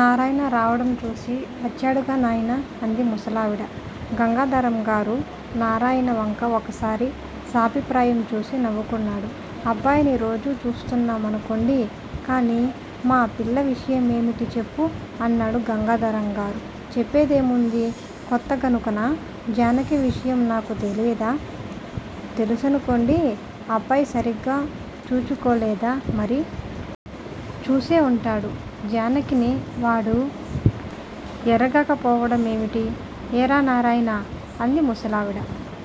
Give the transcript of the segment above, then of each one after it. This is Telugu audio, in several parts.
నారాయణ రావటంచూసి వచ్చాడుగా నాయనా అంది ముసలావిడ. గంగాధరంగారు నారాయణ వంక ఒకసారి సాభిప్రాయం చూసి నవ్వుకున్నాడు. అబ్బాయిని రోజూ చూస్తున్నామనుకోండి. కానీ మా పిల్ల విషయమేమిటి చెప్పు? అన్నాడు గంగాధరంగారు. చెప్పేదేముంది, కొత్తగనుకనా? జానకి విషయం నాకు తెలీదా తెలుసుననుకోండి. అబ్బాయి సరిగ్గా చూచుకోలేదా మరి? చూసేవుంటాడు, జానకిని వాడు ఎరగకపోవటమేమిటి? ఏరా నారాయణా? అంది ముసలావిడ.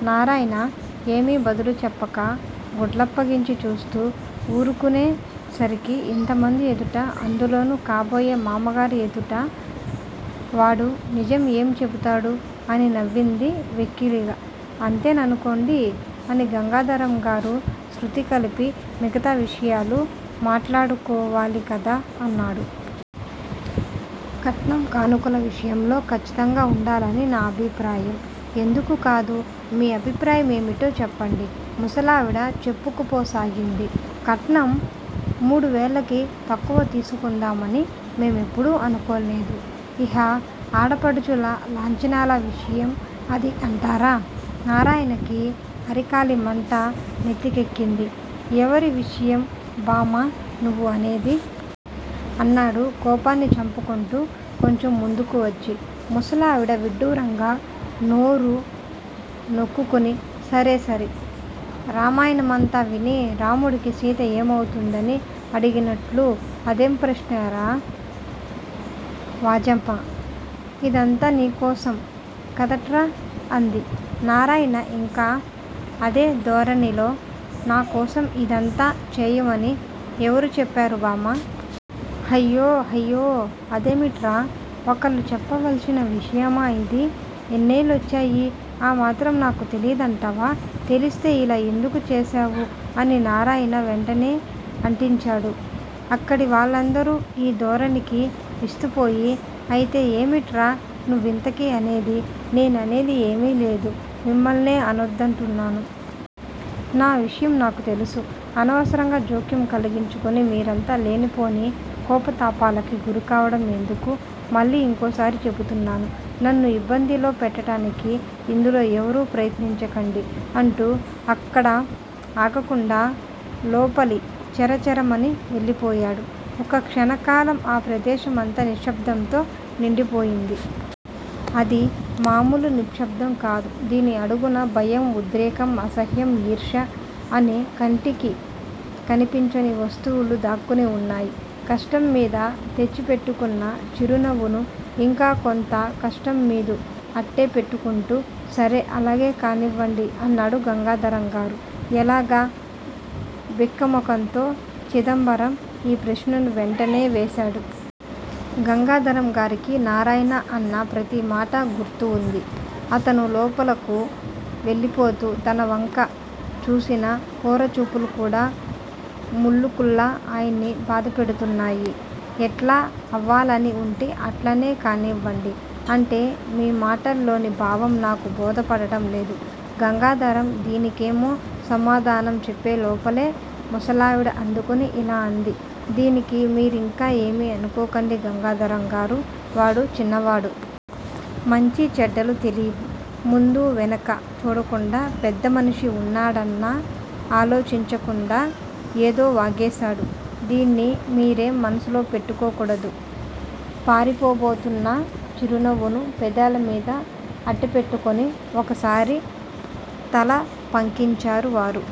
నారాయణ ఏమీ బదులు చెప్పక గుడ్లప్పగించి చూస్తూ వూరుకునే సరికి ఇంతమంది ఎదుట అందులోనూ కాబోయే మామగారి ఎదుట వాడు నిజం ఏమి చెబుతాడు? అని నవ్వింది వెకిలిగా. అంతే ననుకోండి అని గంగాధరంగారు శ్రుతికలిపి మిగతా విషయాలు మాట్లాడుకోవాలిగదా అన్నాడు. కట్నం కానుకల విషయంలో ఖచ్చితంగా వుండాలని నా అభిప్రాయం. ఎందుకు కాదూ! మీ అభిప్రాయం ఏమిటో చెప్పండి? ముసలావిడ చెప్పుకుపోసాగింది కట్నం మూడువేలకి తక్కువ తీసుకుందామని మేమెప్పుడూ అనుకోలేదు. ఇహ ఆడపడుచుల లాంఛనాల విషయం అదీ అంటారా? నారాయణకి అరికాలిమంట నెత్తికెక్కింది, ఎవరి విషయం బామ్మా నువ్వు అనేది? అన్నాడు కోపాన్ని చంపుకొంటూ కొంచెం ముందుకువచ్చి. ముసలావిడ విడ్డూరంగా నోరు నొక్కుకుని సరేసరి, రామాయణమంతా విని రాముడికి సీత ఏమవుతుందని అడిగినట్లు అదేం ప్రశ్నరా వాజమ్మా! ఇదంతా నీకోసం కదాట్రా? అంది. నారాయణ ఇంకా అదే ధోరణిలో నాకోసం ఇదంతా చేయమని ఎవరు చెప్పారు బామ్మా? హయ్యొ, హయ్యొ! అదేమిట్రా! ఒకళ్ళు చెప్పవలసిన విషయమా ఇది! ఇన్నేళ్ళొచ్చాయి, ఆ మాత్రం నాకు తెలియదంటావా? తెలిస్తే ఇలా ఎందుకు చేశావు అని నారాయణ వెంటనే అంటించాడు. అక్కడి వాళ్ళందరూ ఈ ధోరణికి విస్తుపోయి, అయితే ఏమిట్రా నువ్వింతకీ అనేది? నేననేది ఏమీ లేదు. మిమ్మల్నే అనొద్దంటున్నాను. నా విషయం నాకు తెలుసు. అనవసరంగా జోక్యం కలిగించుకొని మీరంతా లేనిపోని కోపతాపాలకి గురికావటం ఎందుకు? మళ్ళీ ఇంకోసారి చెబుతున్నాను. నన్ను యిబ్బందిలో పెట్టటానికి యిందులో ఎవరూ ప్రయత్నించకండి అంటూ అక్కడ ఆగకుండా లోపలి చర చరమని వెళ్ళిపోయాడు. ఒక క్షణకాలం ఆ ప్రదేశమంతా నిశ్శబ్దంతో నిండిపోయింది. అదీ మామూలు నిశ్శబ్దం కాదు. దీని అడుగున భయం, ఉద్రేకం, అసహ్యం, యీర్ష్య అనే కంటికి కనిపించని వస్తువులు దాక్కుని వున్నాయి. కష్టంమీద తెచ్చిపెట్టుకున్న చిరునవ్వును ఇంకా కొంత కష్టంమీదు అట్టే పెట్టుకుంటూ సరే అలాగే కానియ్యండి అన్నాడు గంగాధరంగారు. ఎలాగ? బిక్క మొహంతో చిదంబరం యీ ప్రశ్నను వెంటనే వేశాడు. గంగాధరంగారికి నారాయణ అన్న ప్రతిమాటా గుర్తువుంది. అతను లోపలకు వెళ్ళిపోతూ తనవంక చూసిన కోరచూపులు కూడా ములుకుల్లా ఆయన్ని బాధపెడుతున్నాయి. ఎట్లా అవ్వాలని వుంటే అట్లానే కానివ్వండి. అంటే మీ మాటల్లోని భావం నాకు బోధపడటం లేదు. గంగాధరం దీనికేమో సమాధానం చెప్పేలోపలే ముసలావిడ అందుకుని యిలా అంది: దీనికి మీరింకా ఏమీ అనుకోకండి గంగాధరంగారు, వాడు చిన్నవాడు. మంచి చెడ్డలు తెలీవు. ముందూ వెనకా చూడకుండా పెద్దమనిషి వున్నాడనన్నా ఆలోచించకుందా ఏదో వాగేశాడు. దీన్ని మీరేం మనసులో పెట్టుకోకూడదు. పారిపోబోతున్న చిరునవ్వును పెదాలమీద అట్టేపెట్టుకుని ఒకసారి తలపంకించారు వారు.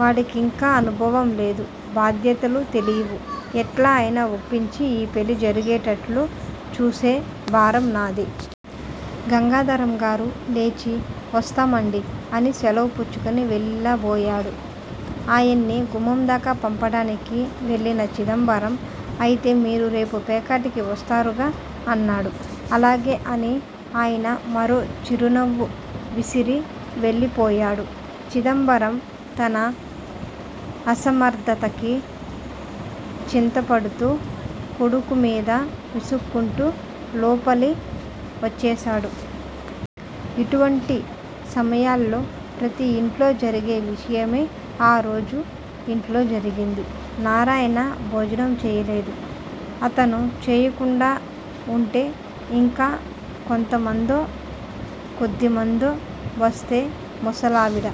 వాడికింకా అనుభవంలేదు. బాధ్యతలు తెలీవు. ఎట్లా అయినా ఒప్పించి, ఈ పెళ్ళి జరిగేటట్లు చూసే భారం నాది. గంగాధరంగారు లేచి వస్తామండి అని శెలవు పుచ్చుకొని వెళ్ళబోయాడు. ఆయన్ని గుమ్మందాకా పంపటానికి వెళ్ళిన చిదంబరం అయితే మీరు రేపు పేకాటకి వస్తారుగా అన్నాడు. అలాగే అని ఆయన మరో చిరునవ్వు విసిరి వెళ్ళిపోయాడు. చిదంబరం తన అసమర్ధతకి చింతపడుతూ, కొడుకుమీద విసుక్కుంటూ లోపలి వచ్చేశాడు. ఇటువంటి సమయాల్లో ప్రతి యింట్లో జరిగే విషయమే ఆరోజు ఇంట్లో జరిగింది. నారాయణ భోజనం చేయలేదు. అతను చేయకుండా వుంటే ఇంకా కొంతమందో, కొద్దిమందో వస్తే ముసలావిడ